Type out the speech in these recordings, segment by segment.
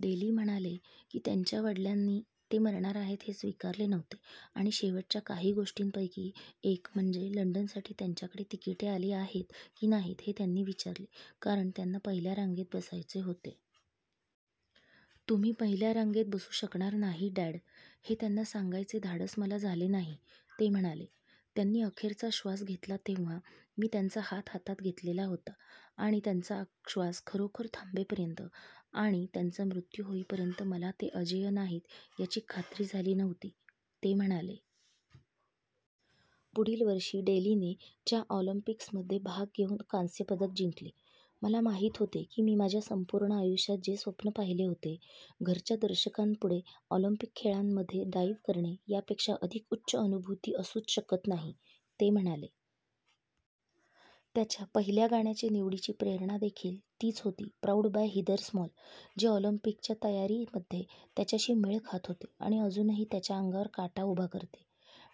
Daily म्हणाले की त्यांच्या वडिलांनी ते मरणार आहेत हे स्वीकारले नव्हते आणि शेवटच्या काही गोष्टींपैकी एक म्हणजे लंडन साठी त्यांच्याकडे तिकिटे आली आहेत की नाहीत हे त्यांनी विचारले कारण त्यांना पहिल्या रांगेत बसायचे होते. "'तुम्ही पहिल्या रांगेत बसू शकणार नाही, डॅड' हे त्यांना सांगायचे धाडस मला झाले नाही," ते म्हणाले. "त्यांनी अखेरचा श्वास घेतला तेव्हा मी त्यांचा हात हातात घेतलेला होता आणि त्यांचा श्वास खरोखर थांबेपर्यंत आणि त्यांचा मृत्यू होईपर्यंत मला ते अजेय नाहीत याची खात्री झाली नव्हती," ते म्हणाले. पुढील वर्षी डेलीने च्या ऑलिंपिक्समध्ये भाग घेऊन कांस्यपदक जिंकले. "मला माहीत होते की मी माझ्या संपूर्ण आयुष्यात जे स्वप्न पाहिले होते घरच्या दर्शकांपुढे ऑलिंपिक खेळांमध्ये डाइव्ह करणे, यापेक्षा अधिक उच्च अनुभूती असूच शकत नाही," ते म्हणाले. त्याच्या पहिल्या गाण्याच्या निवडीची प्रेरणादेखील तिच होती प्राउड बाय हिदर स्मॉल- जे ऑलिंपिकच्या तयारीमध्ये त्याच्याशी मेळ खात होेते आणि अजूनही त्याच्या अंगावर काटा उभा करते.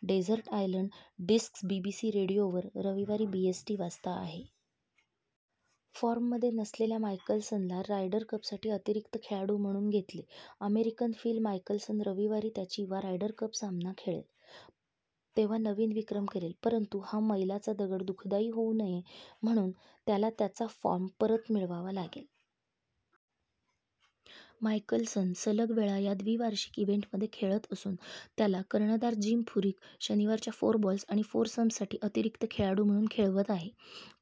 Desert Island Discs BBC Radio वर रविवारी बीएसटी वाजता आहे. फॉर्ममध्ये नसलेल्या मायकल्सनला रायडर कपसाठी अतिरिक्त खेळाडू म्हणून घेतले अमेरिकन फिल मायकल्सन रविवारी त्याची वा रायडर कप सामना खेळेल, तेव्हा नवीन विक्रम करेल, परंतु हा मैलाचा दगड दुखदायी होऊ नये म्हणून त्याला त्याचा फॉर्म परत मिळवावा लागेल. मायकल्सन, सलग वेळा या द्विवार्षिक इव्हेंटमध्ये खेळत असून त्याला कर्णधार जिम फुरिक शनिवारच्या फोरबॉल्स आणि फोरसम्ससाठी अतिरिक्त खेळाडू म्हणून खेळवत आहे.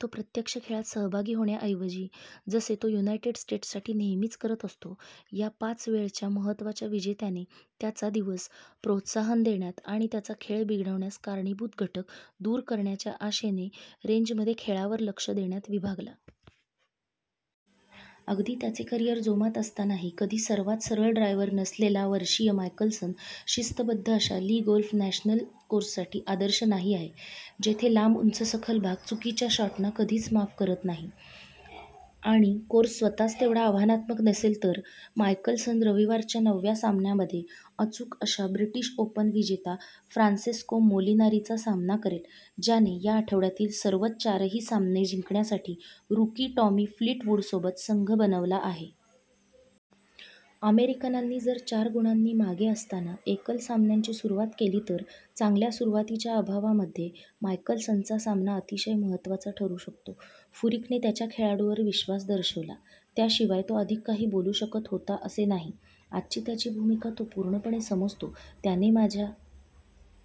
तो प्रत्यक्ष खेळात सहभागी होण्याऐवजी, जसे तो युनायटेड स्टेट्ससाठी नेहमीच करत असतो, या पाच वेळच्या महत्त्वाच्या विजेत्याने त्याचा दिवस प्रोत्साहन देण्यात आणि त्याचा खेळ बिघडवण्यास कारणीभूत घटक दूर करण्याच्या आशेने रेंजमध्ये खेळावर लक्ष देण्यात विभागला. अगदी त्याचे करियर जोमात असतानाही कधी सर्वात सरळ ड्रायव्हर नसलेला, वर्षीय मायकल्सन शिस्तबद्ध अशा ली गोल्फ नॅशनल कोर्ससाठी आदर्श नाही आहे, जेथे लांब उंचसखल भाग चुकीच्या शॉटना कधीच माफ करत नाही. आणि कोर्स स्वतःच तेवढा आव्हानात्मक नसेल तर, मायकल्सन रविवारच्या नवव्या सामन्यामध्ये अचूक अशा ब्रिटिश ओपन विजेता फ्रांसेस्को मोलिनारीचा सामना करेल, ज्याने या आठवड्यातील सर्वच चारही सामने जिंकण्यासाठी रूकी टॉमी फ्लीटवूडसोबत संघ बनवला आहे. अमेरिकनांनी जर चार गुणांनी मागे असताना एकल सामन्यांची सुरुवात केली तर, चांगल्या सुरुवातीच्या अभावामध्ये, मायकल्सनचा सामना अतिशय महत्त्वाचा ठरू शकतो. फुरीकने त्याच्या खेळाडूवर विश्वास दर्शवला, त्याशिवाय तो अधिक काही बोलू शकत होता असे नाही. "आजची त्याची भूमिका तो पूर्णपणे समजतो, त्याने माझ्या